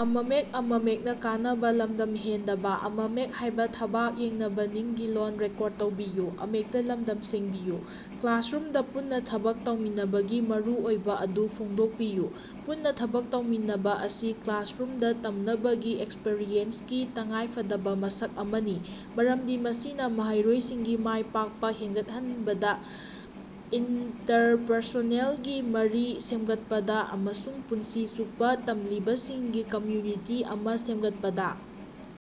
ꯀ꯭ꯂꯥꯁꯔꯨꯝꯗ ꯄꯨꯟꯅ ꯊꯕꯛ ꯇꯧꯃꯤꯟꯅꯕꯒꯤ ꯃꯔꯨꯑꯣꯏꯕ ꯑꯗꯨ ꯐꯣꯡꯗꯣꯛꯄꯤꯌꯨ꯫ ꯄꯨꯟꯅ ꯊꯕꯛ ꯇꯧꯃꯤꯟꯅꯕ ꯑꯁꯤ ꯀ꯭ꯂꯥꯁꯔꯨꯝꯗ ꯇꯝꯅꯕꯒꯤ ꯑꯦꯛꯁꯄꯤꯔꯤꯌꯦꯟꯁꯀꯤ ꯇꯉꯥꯏꯐꯗꯕ ꯃꯁꯛ ꯑꯃꯅꯤ꯫ ꯃꯔꯝꯗꯤ ꯃꯁꯤꯅ ꯃꯍꯩꯔꯣꯏꯁꯤꯡꯒꯤ ꯃꯥꯏ ꯄꯥꯛꯄ ꯍꯦꯟꯒꯠꯍꯟꯕꯗ, ꯏꯟꯇꯔꯄꯔꯁꯣꯅꯦꯜꯒꯤ ꯃꯔꯤ ꯁꯦꯝꯒꯠꯄꯗ ꯑꯃꯁꯨꯡ ꯄꯨꯟꯁꯤ ꯆꯨꯞꯄ ꯇꯝꯂꯤꯕꯁꯤꯡꯒꯤ ꯀꯝꯃ꯭ꯌꯨꯅꯤꯇꯤ ꯑꯃ ꯁꯦꯝꯒꯠꯄꯗ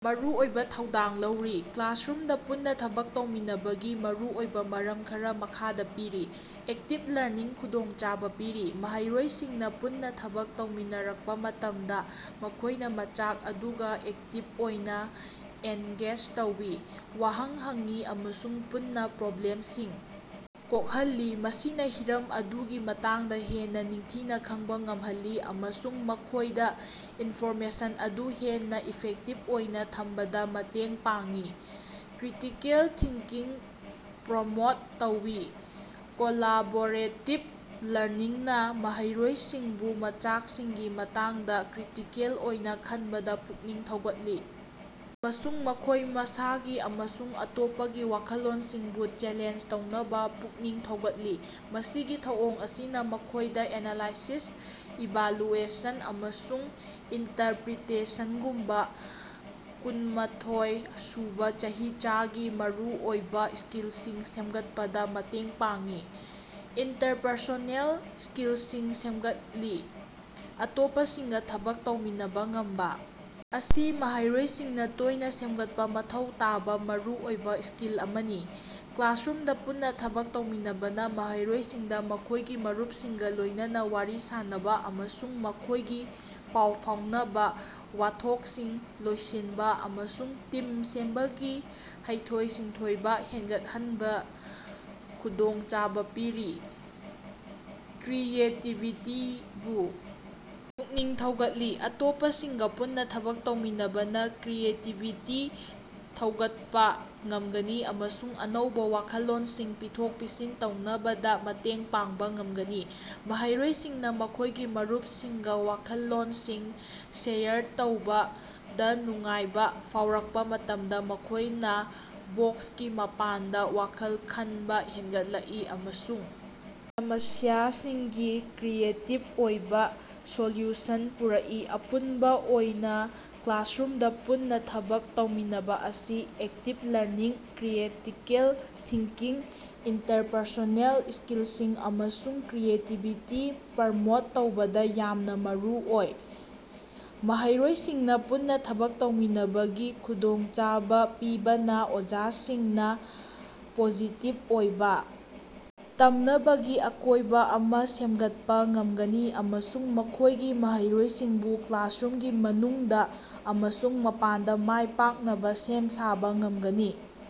ꯃꯔꯨꯑꯣꯏꯕ ꯊꯧꯗꯥꯡ ꯂꯧꯔꯤ꯫ ꯀ꯭ꯂꯥꯁꯔꯨꯝꯗ ꯄꯨꯟꯅ ꯊꯕꯛ ꯇꯧꯃꯤꯟꯅꯕꯒꯤ ꯃꯔꯨꯑꯣꯏꯕ ꯃꯔꯝ ꯈꯔ ꯃꯈꯥꯗ ꯄꯤꯔꯤ:- ꯑꯦꯛꯇꯤꯚ ꯂꯔꯅꯤꯡꯗ ꯈꯨꯗꯣꯡꯆꯥꯕ ꯄꯤꯔꯤ: ꯃꯍꯩꯔꯣꯏꯁꯤꯡꯅ ꯄꯨꯟꯅ ꯊꯕꯛ ꯇꯧꯃꯤꯟꯅꯔꯛꯄ ꯃꯇꯝꯗ ꯃꯈꯣꯏꯅ ꯃꯆꯥꯛ ꯑꯗꯨꯒ ꯑꯦꯛꯇꯤꯚ ꯑꯣꯏꯅ ꯑꯦꯟꯒꯦꯖ ꯇꯧꯏ꯫ ꯋꯥꯍꯪ ꯍꯪꯉꯤ ꯑꯃꯁꯨꯡ ꯄꯨꯟꯅ ꯄ꯭ꯔꯣꯕ꯭ꯂꯦꯝꯁꯤꯡ ꯀꯣꯛꯍꯜꯂꯤ꯫ ꯃꯁꯤꯅ ꯍꯤꯔꯝ ꯑꯗꯨꯒꯤ ꯃꯇꯥꯡꯗ ꯍꯦꯟꯅ ꯅꯤꯡꯊꯤꯅ ꯈꯪꯕ ꯉꯝꯍꯜꯂꯤ ꯑꯃꯁꯨꯡ ꯃꯈꯣꯏꯗ ꯏꯟꯐꯣꯔꯃꯦꯁꯟ ꯑꯗꯨ ꯍꯦꯟꯅ ꯏꯐꯦꯛꯇꯤꯚ ꯑꯣꯏꯅ ꯊꯝꯕꯗ ꯃꯇꯦꯡ ꯄꯥꯡꯉꯤ꯫ ꯀ꯭ꯔꯤꯇꯤꯀꯦꯜ ꯊꯤꯡꯀꯤꯡ ꯄ꯭ꯔꯣꯃꯣꯠ ꯇꯧꯏ: ꯀꯣꯂꯥꯕꯣꯔꯦꯇꯤꯚ ꯂꯔꯅꯤꯡꯅ ꯃꯍꯩꯔꯣꯏꯁꯤꯡꯕꯨ ꯃꯆꯥꯛꯁꯤꯡꯒꯤ ꯃꯇꯥꯡꯗ ꯀ꯭ꯔꯤꯇꯤꯀꯦꯜ ꯑꯣꯏꯅ ꯈꯟꯕꯗ ꯄꯨꯛꯅꯤꯡ ꯊꯧꯒꯠꯂꯤ ꯑꯃꯁꯨꯡ ꯃꯈꯣꯏ ꯃꯁꯥꯒꯤ ꯑꯃꯁꯨꯡ ꯑꯇꯣꯞꯄꯒꯤ ꯋꯥꯈꯜꯂꯣꯟꯁꯤꯡꯕꯨ ꯆꯦꯂꯦꯟꯖ ꯇꯧꯅꯕ ꯄꯨꯛꯅꯤꯡ ꯊꯧꯒꯠꯂꯤ꯫ ꯃꯁꯤꯒꯤ ꯊꯧꯑꯣꯡ ꯑꯁꯤꯅ ꯃꯈꯣꯏꯗ ꯑꯦꯅꯂꯥꯏꯁꯤꯁ, ꯏꯚꯥꯂꯨꯑꯦꯁꯟ ꯑꯃꯁꯨꯡ ꯏꯟꯇꯔꯄ꯭ꯔꯤꯇꯦꯁꯟꯒꯨꯝꯕ ꯀꯨꯟꯃꯊꯣꯏ ꯁꯨꯕ ꯆꯍꯤꯆꯥꯒꯤ ꯃꯔꯨꯑꯣꯏꯕ ꯁ꯭ꯀꯤꯜꯁꯤꯡ ꯁꯦꯝꯒꯠꯄꯗ ꯃꯇꯦꯡ ꯄꯥꯡꯉꯤ꯫ ꯏꯟꯇꯔꯄꯔꯁꯣꯅꯦꯜ ꯁ꯭ꯀꯤꯜꯁꯤꯡ ꯁꯦꯝꯒꯠꯂꯤ: ꯑꯇꯣꯞꯄꯁꯤꯡꯒ ꯊꯕꯛ ꯇꯧꯃꯤꯟꯅꯕ ꯉꯝꯕ ꯑꯁꯤ ꯃꯍꯩꯔꯣꯏꯁꯤꯡꯅ ꯇꯣꯏꯅ ꯁꯦꯝꯒꯠꯄ ꯃꯊꯧ ꯇꯥꯕ ꯃꯔꯨꯑꯣꯏꯕ ꯁ꯭ꯀꯤꯜ ꯑꯃꯅꯤ꯫ ꯀ꯭ꯂꯥꯁꯔꯨꯝꯗ ꯄꯨꯟꯅ ꯊꯕꯛ ꯇꯧꯃꯤꯟꯅꯕꯅ ꯃꯍꯩꯔꯣꯏꯁꯤꯡꯗ ꯃꯈꯣꯏꯒꯤ ꯃꯔꯨꯞꯁꯤꯡꯒ ꯂꯣꯏꯅꯅ ꯋꯥꯔꯤ ꯁꯥꯟꯅꯕ ꯑꯃꯁꯨꯡ ꯃꯈꯣꯏꯒꯤ ꯄꯥꯎ ꯐꯥꯎꯅꯕ, ꯋꯥꯊꯣꯛꯁꯤꯡ ꯂꯣꯏꯁꯤꯟꯕ ꯑꯃꯁꯨꯡ ꯇꯤꯝ ꯁꯦꯝꯕꯒꯤ ꯍꯩꯊꯣꯏ-ꯁꯤꯡꯊꯣꯏꯕ ꯍꯦꯟꯒꯠꯍꯟꯕ ꯈꯨꯗꯣꯡꯆꯥꯕ ꯄꯤꯔꯤ꯫ ꯀ꯭ꯔꯤꯌꯦꯇꯤꯚꯤꯇꯤꯕꯨ ꯄꯨꯛꯅꯤꯡ ꯊꯧꯒꯠꯂꯤ: ꯑꯇꯣꯞꯄꯁꯤꯡꯒ ꯄꯨꯟꯅ ꯊꯕꯛ ꯇꯧꯃꯤꯟꯅꯕꯅ ꯀ꯭ꯔꯤꯌꯦꯇꯤꯚꯤꯇꯤ ꯊꯧꯒꯠꯄ ꯉꯝꯒꯅꯤ ꯑꯃꯁꯨꯡ ꯑꯅꯧꯕ ꯋꯥꯈꯜꯂꯣꯟꯁꯤꯡ ꯄꯤꯊꯣꯛ-ꯄꯤꯁꯤꯟ ꯇꯧꯅꯕꯗ ꯃꯇꯦꯡ ꯄꯥꯡꯕ ꯉꯝꯒꯅꯤ꯫ ꯃꯍꯩꯔꯣꯏꯁꯤꯡꯅ ꯃꯈꯣꯏꯒꯤ ꯃꯔꯨꯞꯁꯤꯡꯒ ꯋꯥꯈꯜꯂꯣꯟꯁꯤꯡ ꯁꯦꯌꯔ ꯇꯧꯕꯗ ꯅꯨꯡꯉꯥꯏꯕ ꯐꯥꯎꯔꯛꯄ ꯃꯇꯝꯗ ꯃꯈꯣꯏꯅ ꯕꯣꯛꯁꯀꯤ ꯃꯄꯥꯟꯗ ꯋꯥꯈꯜ ꯈꯟꯕ ꯍꯦꯟꯒꯠꯂꯛꯏ ꯑꯃꯁꯨꯡ ꯁꯃꯁ꯭ꯌꯥꯁꯤꯡꯒꯤ ꯀ꯭ꯔꯤꯌꯦꯇꯤꯚ ꯑꯣꯏꯕ ꯁꯣꯂ꯭ꯌꯨꯁꯟꯁꯤꯡ ꯄꯨꯔꯛꯏ꯫ ꯑꯄꯨꯟꯕ ꯑꯣꯏꯅ, ꯀ꯭ꯂꯥꯁꯔꯨꯝꯗ ꯄꯨꯟꯅ ꯊꯕꯛ ꯇꯧꯃꯤꯟꯅꯕ ꯑꯁꯤ active learning, critical thinking, interpersonal ꯁ꯭ꯀꯤꯜꯁꯤꯡ ꯑꯃꯁꯨꯡ ꯀ꯭ꯔꯤꯌꯦꯇꯤꯚꯤꯇꯤ ꯄ꯭ꯔꯃꯣꯠ ꯇꯧꯕꯗ ꯌꯥꯝꯅ ꯃꯔꯨꯑꯣꯏ꯫ ꯃꯍꯩꯔꯣꯏꯁꯤꯡꯅ ꯄꯨꯟꯅ ꯊꯕꯛ ꯇꯧꯃꯤꯟꯅꯕꯒꯤ ꯈꯨꯗꯣꯡꯆꯥꯕ ꯄꯤꯕꯅ ꯑꯣꯖꯥꯁꯤꯡꯅ ꯄꯣꯖꯤꯇꯤꯚ ꯑꯣꯏꯕ ꯇꯝꯅꯕꯒꯤ ꯑꯀꯣꯏꯕ ꯑꯃ ꯁꯦꯝꯒꯠꯄ ꯉꯝꯒꯅꯤ ꯑꯃꯁꯨꯡ ꯃꯈꯣꯏꯒꯤ ꯃꯍꯩꯔꯣꯏꯁꯤꯡꯕꯨ ꯀ꯭ꯂꯥꯁꯔꯨꯝꯒꯤ ꯃꯅꯨꯡꯗ ꯑꯃꯁꯨꯡ ꯃꯄꯥꯟꯗ ꯃꯥꯏ ꯄꯥꯛꯅꯕ ꯁꯦꯝ ꯁꯥꯕ ꯉꯝꯒꯅꯤ꯫